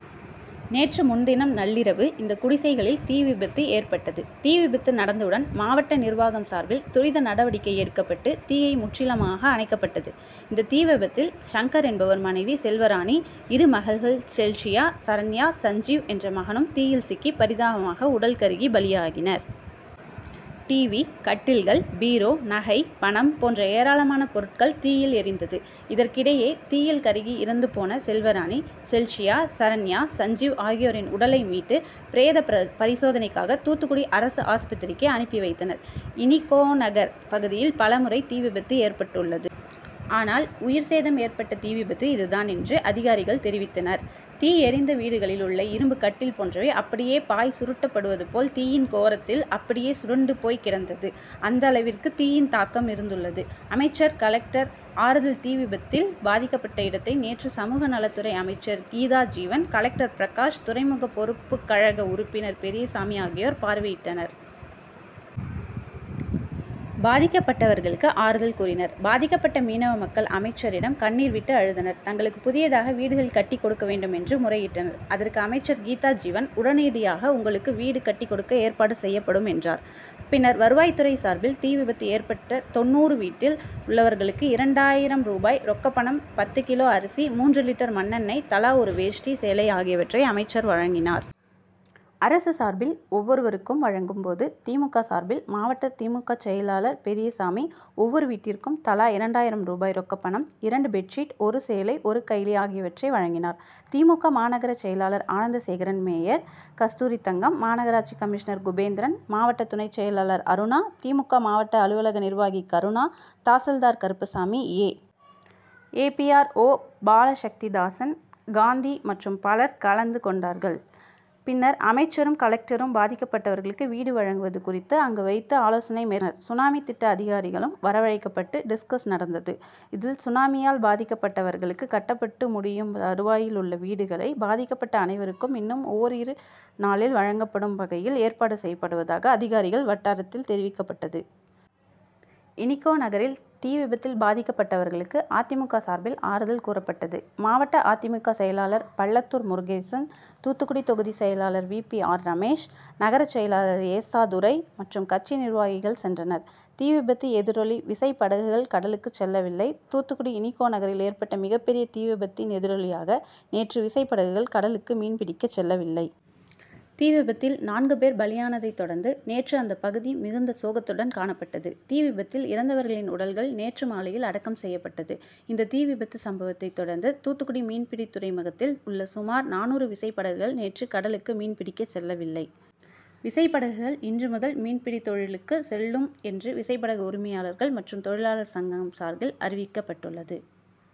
நேற்று முன்தினம் நள்ளிரவு இந்த குடிசைகளில் தீவிபத்து ஏற்பட்டது. தீவிபத்து நடந்தவுடன் மாவட்ட நிர்வாகம் சார்பில் துரித நடவடிக்கை எடுக்கப்பட்டு தீயை முற்றிலுமாக அணைக்கப்பட்டது. இந்த தீ விபத்தில் சங்கர் என்பவர் மனைவி செல்வராணி, இரு மகள்கள் செல்ஷியா, சரண்யா சஞ்ஜீவ் என்ற மகனும் தீயில் சிக்கி பரிதாபமாக உடல் கருகி பலியாயினர். டிவி, கட்டில்கள், பீரோ, நகை, பணம் போன்ற ஏராளமான பொருட்கள் தீயில் எரிந்தது. இதற்கிடையே தீயில் கருகி இறந்துபோன செல்வராணி, செல்ஷியா, சரண்யா, சஞ்ஜீவ் ஆகியோரின் உடலை மீட்டு பிரேத பரிசோதனைக்காக தூத்துக்குடி அரசு ஆஸ்பத்திரிக்கு அனுப்பி வைத்தனர். இனிகோநகர் பகுதியில் பல முறை தீவிபத்து ஏற்பட்டுள்ளது. ஆனால் உயிர்சேதம் ஏற்பட்ட தீவிபத்து இது தான் என்று அதிகாரிகள் தெரிவித்தனர். தீ எரிந்த வீடுகளில் உள்ள இரும்பு கட்டில் போன்றவை அப்படியே பாய் சுருட்டப்படுவது போல் தீயின் கோரத்தில் அப்படியே சுருண்டு போய்கிடந்தது. அந்த அளவிற்கு தீயின் தாக்கம் இருந்துள்ளது. அமைச்சர், கலெக்டர் ஆறுதல்தீவிபத்தில் பாதிக்கப்பட்ட இடத்தை நேற்று சமூகநலத்துறை அமைச்சர் கீதாஜீவன், கலெக்டர் பிரகாஷ், துறைமுக பொறுப்புக்கழக உறுப்பினர் பெரியசாமி ஆகியோர் பார்வையிட்டனர். பாதிக்கப்பட்டவர்களுக்கு ஆறுதல் கூறினர். பாதிக்கப்பட்ட மீனவ மக்கள் அமைச்சரிடம் கண்ணீர் விட்டு அழுதனர். தங்களுக்கு புதியதாக வீடுகள் கட்டி கொடுக்க வேண்டும் என்று முறையிட்டனர். அதற்கு அமைச்சர் கீதாஜீவன் உடனடியாக உங்களுக்கு வீடு கட்டி கொடுக்க ஏற்பாடு செய்யப்படும் என்றார். பின்னர் வருவாய்துறை சார்பில் தீ விபத்து ஏற்பட்ட தொண்ணூறு வீட்டில் உள்ளவர்களுக்கு இரண்டாயிரம் ரூபாய் ரொக்கப்பணம், பத்து கிலோ அரிசி, மூன்று லிட்டர் மண்ணெண்ணெய், தலா ஒரு வேஷ்டி, சேலை ஆகியவற்றை அமைச்சர் வழங்கினார். அரசு சார்பில் ஒவ்வொருவருக்கும் வழங்கும் போது திமுக சார்பில் மாவட்ட திமுக செயலாளர் பெரியசாமி ஒவ்வொரு வீட்டிற்கும் தலா இரண்டாயிரம் ரூபாய் ரொக்கப்பணம், இரண்டு பெட்சீட், ஒரு சேலை, ஒரு கைலி ஆகியவற்றை வழங்கினார். திமுக மாநகர செயலாளர் ஆனந்தசேகரன், மேயர் கஸ்தூரிதங்கம், மாநகராட்சி கமிஷினர் குபே ந்திரன், மாவட்ட துணைச் செயலாளர் அருணா, திமுக மாவட்ட அலுவலக நிர்வாகி கருணா, தாசில்தார் Karuppasamy, A. P. R. O Balasakthidasan, Gandhi மற்றும் பலர் கலந்து கொண்டனர். பின்னர் அமைச்சரும், கலெக்டரும் பாதிக்கப்பட்டவர்களுக்கு வீடு வழங்குவது குறித்து அங்கு வைத்து ஆலோசனை மேற்கொண்டனர். சுனாமி திட்ட அதிகாரிகளும் வரவழைக்கப்பட்டு டிஸ்கஸ் நடந்தது. இதில் சுனாமியால் பாதிக்கப்பட்டவர்களுக்கு கட்டப்பட்டு முடியும் தருவாயில் உள்ள வீடுகளை பாதிக்கப்பட்ட அனைவருக்கும் இன்னும் ஒரிரு நாளில் வழங்கும் வகையில் ஏற்பாடு செய்யப்படுவதாக அதிகாரிகள் வட்டாரத்தில் தெரிவிக்கப்பட்டது. இனிகோநகரில் தீவிபத்தில் பாதிக்கப்பட்டவர்களுக்கு அதிமுக சார்பில் ஆறுதல் கூறப்பட்டது. மாவட்ட அதிமுக செயலாளர் பள்ளத்தூர் முருகேசன், தூத்துக்குடி தொகுதி செயலாளர் வி. பி. ஆர். ரமேஷ், நகர செயலாளர் ஏசாதுரை மற்றும் கட்சி நிர்வாகிகள் சென்றனர். தீ விபத்து எதிரொலி விசைபடகுகள் கடலுக்கு செல்லவில்லைதூத்துக்குடி இனிகோ நகரில் ஏற்பட்ட மிகப்பெரிய தீ விபத்தின் எதிரொலியாக நேற்று விசைப்படகுகள் கடலுக்கு மீன் பிடிக்க செல்லவில்லை. தீவிபத்தில் நான்கு பேர் பலியானதை தொடர்ந்து நேற்று அந்த பகுதி மிகுந்த சோகத்துடன் காணப்பட்டது. தீ விபத்தில் இறந்தவர்களின் உடல்கள் நேற்று மாலையில் அடக்கம் செய்யப்பட்டது. இந்த தீ விபத்து சம்பவத்தை தொடர்ந்து தூத்துக்குடி மீன்பிடித் துறைமுகத்தில் உள்ள சுமார் நானூறு விசை படகுகள் நேற்று கடலுக்கு மீன்பிடிக்க செல்லவில்லை. விசைபடகுகள் இன்று முதல் மீன்பிடித் தொழிலுக்கு செல்லும் என்று விசைபடகு உரிமையாளர்கள் மற்றும் தொழிலாளர்கள் சங்கம் சார்பில் அறிவிக்கப்பட்டுள்ளது.